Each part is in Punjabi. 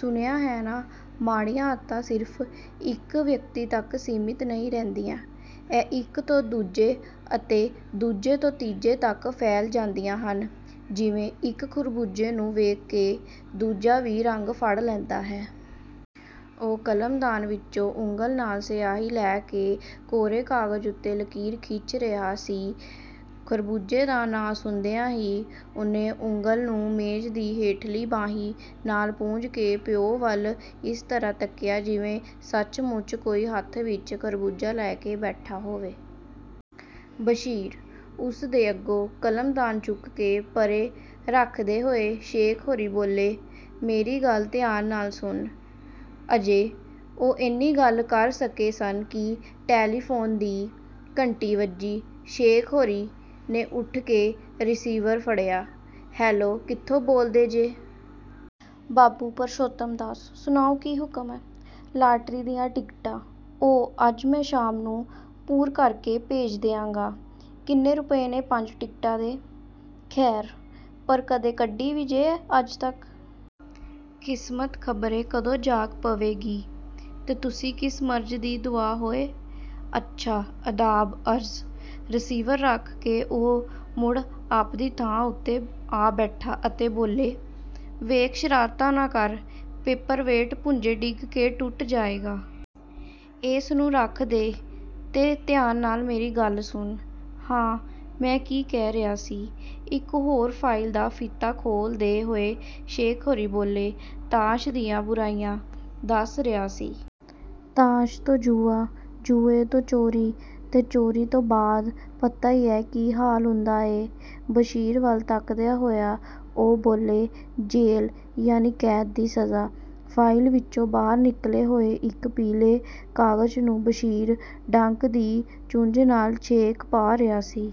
"ਸੁਣਿਆ ਹੈ ਨਾ? ਮਾੜੀਆਂ ਆਦਤਾਂ ਸਿਰਫ਼ ਇੱਕ ਵਿਅਕਤੀ ਤੱਕ ਹੀ ਸੀਮਤ ਨਹੀਂ ਰਹਿੰਦੀਆਂ। ਇਹ ਇੱਕ ਤੋਂ ਦੂਜੇ ਅਤੇ ਦੂਜੇ ਤੋਂ ਤੀਜੇ ਤੱਕ ਫੈਲ ਜਾਂਦੀਆਂ ਹਨ, ਜਿਵੇਂ ਇੱਕ ਖ਼ਰਬੂਜ਼ੇ ਨੂੰ ਵੇਖ ਕੇ ਦੂਜਾ ਵੀ ਰੰਗ ਫੜ ਲੈਂਦਾ ਹੈ।" ਉਹ ਕਲਮਦਾਨ ਵਿੱਚੋਂ ਉਂਗਲ ਨਾਲ ਸਿਆਹੀ ਲੈ ਕੇ ਕੋਰੇ ਕਾਗਜ਼ ਉੱਤੇ ਲਕੀਰਾਂ ਖਿੱਚ ਰਿਹਾ ਸੀ। ਖ਼ਰਬੂਜ਼ੇ ਦਾ ਨਾਂ ਸੁਣਦਿਆਂ ਹੀ ਉਹਨੇ ਉਂਗਲ ਨੂੰ ਮੇਜ਼ ਦੀ ਹੇਠਲੀ ਬਾਹੀ ਨਾਲ ਪੂੰਝ ਕੇ ਪਿਉ ਵੱਲ ਇਸ ਤਰ੍ਹਾਂ ਤੱਕਿਆ, ਜਿਵੇਂ ਸੱਚ-ਮੁੱਚ ਕੋਈ ਹੱਥ ਵਿਚ ਖ਼ਰਬੂਜ਼ਾ ਲਈ ਬੈਠਾ ਹੋਵੇ। "ਬਸ਼ੀਰ! " ਉਸ ਦੇ ਅਗੋਂ ਕਲਮਦਾਨ ਚੁੱਕ ਕੇ ਪਰੇ ਰੱਖਦੇ ਹੋਏ ਸ਼ੇਖ ਹੋਰੀਂ ਬੋਲੇ, "ਮੇਰੀ ਗੱਲ ਧਿਆਨ ਨਾਲ ਸੁਣ।" ਅਜੇ ਉਹ ਏਨੀ ਗੱਲ ਕਰ ਸਕੇ ਸਨ ਕਿ ਟੈਲੀਫ਼ੂਨ ਦੀ ਘੰਟੀ ਵੱਜੀ। ਸ਼ੇਖ ਹੋਰਾਂ ਨੇ ਉੱਠ ਕੇ ਰਿਸੀਵਰ ਫੜਿਆ, "ਹੈਲੋ, ਕਿਥੋਂ ਬੋਲਦੇ ਜੇ? ਬਾਬੂ ਪਰਸ਼ੋਤਮ ਦਾਸ, ਸੁਣਾਓ ਕੀ ਹੁਕਮ ਹੈ? ਲਾਟਰੀ ਦੀਆਂ ਟਿਕਟਾਂ। ਉਹ ਅੱਜ ਮੈਂ ਸ਼ਾਮ ਨੂੰ ਪੁਰ ਕਰ ਕੇ ਭੇਜ ਦਿਆਂਗਾ। ਕਿੰਨੇ ਰੁਪਏ ਨੇ ਪੰਜ ਟਿਕਟਾਂ ਦੇ? ਖ਼ੈਰ, ਪਰ ਕਦੇ ਕੱਢੀ ਵੀ ਜੇ ਅੱਜ ਤੱਕ? ਕਿਸਮਤ ਖ਼ਬਰੇ ਕਦੋਂ ਜਾਗ ਪਵੇਗੀ। ਤੇ ਤੁਸੀਂ ਕਿਸ ਮਰਜ਼ ਦੀ ਦੁਆ ਹੋਏ। ਅੱਛਾ, ਆਦਾਬ-ਅਰਜ਼। ਰਿਸੀਵਰ ਰੱਖ ਕੇ ਉਹ ਮੁੜ ਆਪਦੀ ਥਾਂ ਉੱਤੇ ਆ ਬੈਠੇ ਅਤੇ ਬੋਲੇ, "ਵੇਖ ਸ਼ਰਾਰਤਾਂ ਨਾ ਕਰ, ਪੇਪਰ-ਵੇਟ ਭੁੰਜੇ ਡਿੱਗ ਕੇ ਟੁੱਟ ਜਾਏਗਾ। ਏਸ ਨੂੰ ਰੱਖ ਦੇ ਤੇ ਧਿਆਨ ਨਾਲ ਮੇਰੀ ਗੱਲ ਸੁਣ। ਹਾਂ, ਮੈਂ ਕੀ ਕਹਿ ਰਿਹਾ ਸੀ? " ਇੱਕ ਹੋਰ ਫਾਈਲ ਦਾ ਫੀਤਾ ਖੋਲ੍ਹਦੇ ਹੋਏ ਸ਼ੇਖ ਹੋਰੀਂ ਬੋਲੇ, "ਤਾਸ਼ ਦੀਆਂ ਬੁਰਾਈਆਂ ਦੱਸ ਰਿਹਾ ਸੀ। ਤਾਸ਼ ਤੋਂ ਜੂਆ, ਜੂਏ ਤੋਂ ਚੋਰੀ, ਤੇ ਚੋਰੀ ਤੋਂ ਬਾਅਦ, ਪਤਾ ਈ ਕੀ ਹਾਸਲ ਹੁੰਦਾ ਏ? " ਬਸ਼ੀਰ ਵੱਲ ਤੱਕਦਿਆਂ ਹੋਇਆਂ ਉਹ ਬੋਲੇ, "ਜੇਲ੍ਹ, ਯਾਨੀ ਕੈਦ ਦੀ ਸਜ਼ਾ।" ਫਾਈਲ ਵਿਚੋਂ ਬਾਹਰ ਨਿਕਲੇ ਹੋਏ ਇੱਕ ਪੀਲੇ ਕਾਗਜ਼ ਨੂੰ ਬਸ਼ੀਰ ਡੰਕ ਦੀ ਚੁੰਝ ਨਾਲ ਛੇਕ ਪਾ ਰਿਹਾ ਸੀ।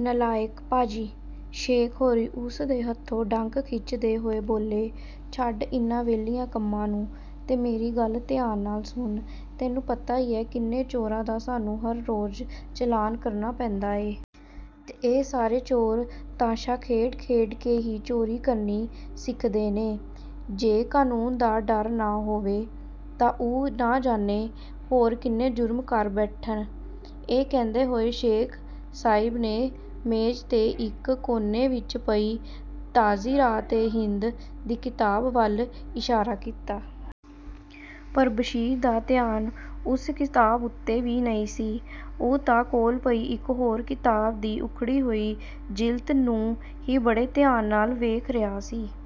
"ਨਾਲਾਇਕ, ਪਾਜੀ", ਸ਼ੇਖ ਹੋਰੀਂ ਉਸ ਦੇ ਹੱਥੋਂ ਡੰਕ ਖਿੱਚਦੇ ਹੋਏ ਬੋਲੇ, "ਛੱਡ ਇਨ੍ਹਾਂ ਵਿਹਲੇ ਕੰਮਾਂ ਨੂੰ ਤੇ ਮੇਰੀ ਗੱਲ ਧਿਆਨ ਨਾਲ ਸੁਣ। ਤੈਨੂੰ ਪਤਾ ਏ, ਕਿੰਨੇ ਚੋਰਾਂ ਦਾ ਸਾਨੂੰ ਹਰ ਰੋਜ਼ ਚਲਾਨ ਕਰਨਾ ਪੈਂਦਾ ਏ? ਤੇ ਇਹ ਸਾਰੇ ਚੋਰ ਤਾਸ਼ਾਂ ਖੇਡ-ਖੇਡ ਕੇ ਹੀ ਚੋਰੀ ਕਰਨੀ ਸਿੱਖਦੇ ਨੇ। ਜੇ ਕਾਨੂੰਨ ਦਾ ਡਰ ਨਾ ਹੋਵੇ, ਤਾਂ ਉਹ ਨਾ ਜਾਣੇ ਹੋਰ ਕਿੰਨੇ ਜੁਰਮ ਕਰ ਬੈਠਣ।" ਇਹ ਕਹਿੰਦੇ ਹੋਏ ਸ਼ੇਖ਼ ਸਾਹਿਬ ਨੇ ਮੇਜ਼ ਦੇ ਇੱਕ ਕੋਨੇ ਵਿੱਚ ਪਈ 'ਤਾਜ਼ੀਰਾਤ-ਏ-ਹਿੰਦ' ਦੀ ਕਿਤਾਬ ਵੱਲ ਇਸ਼ਾਰਾ ਕੀਤਾ। ਪਰ ਬਸ਼ੀਰ ਦਾ ਧਿਆਨ ਉਸ ਕਿਤਾਬ ਉੱਤੇ ਵੀ ਨਹੀਂ ਸੀ। ਉਹ ਤਾਂ ਕੋਲ ਪਈ ਇੱਕ ਹੋਰ ਕਿਤਾਬ ਦੀ ਉੱਖੜੀ ਹੋਈ ਜਿਲਦ ਨੂੰ ਹੀ ਬੜੇ ਧਿਆਨ ਨਾਲ ਵੇਖ ਰਿਹਾ ਸੀ।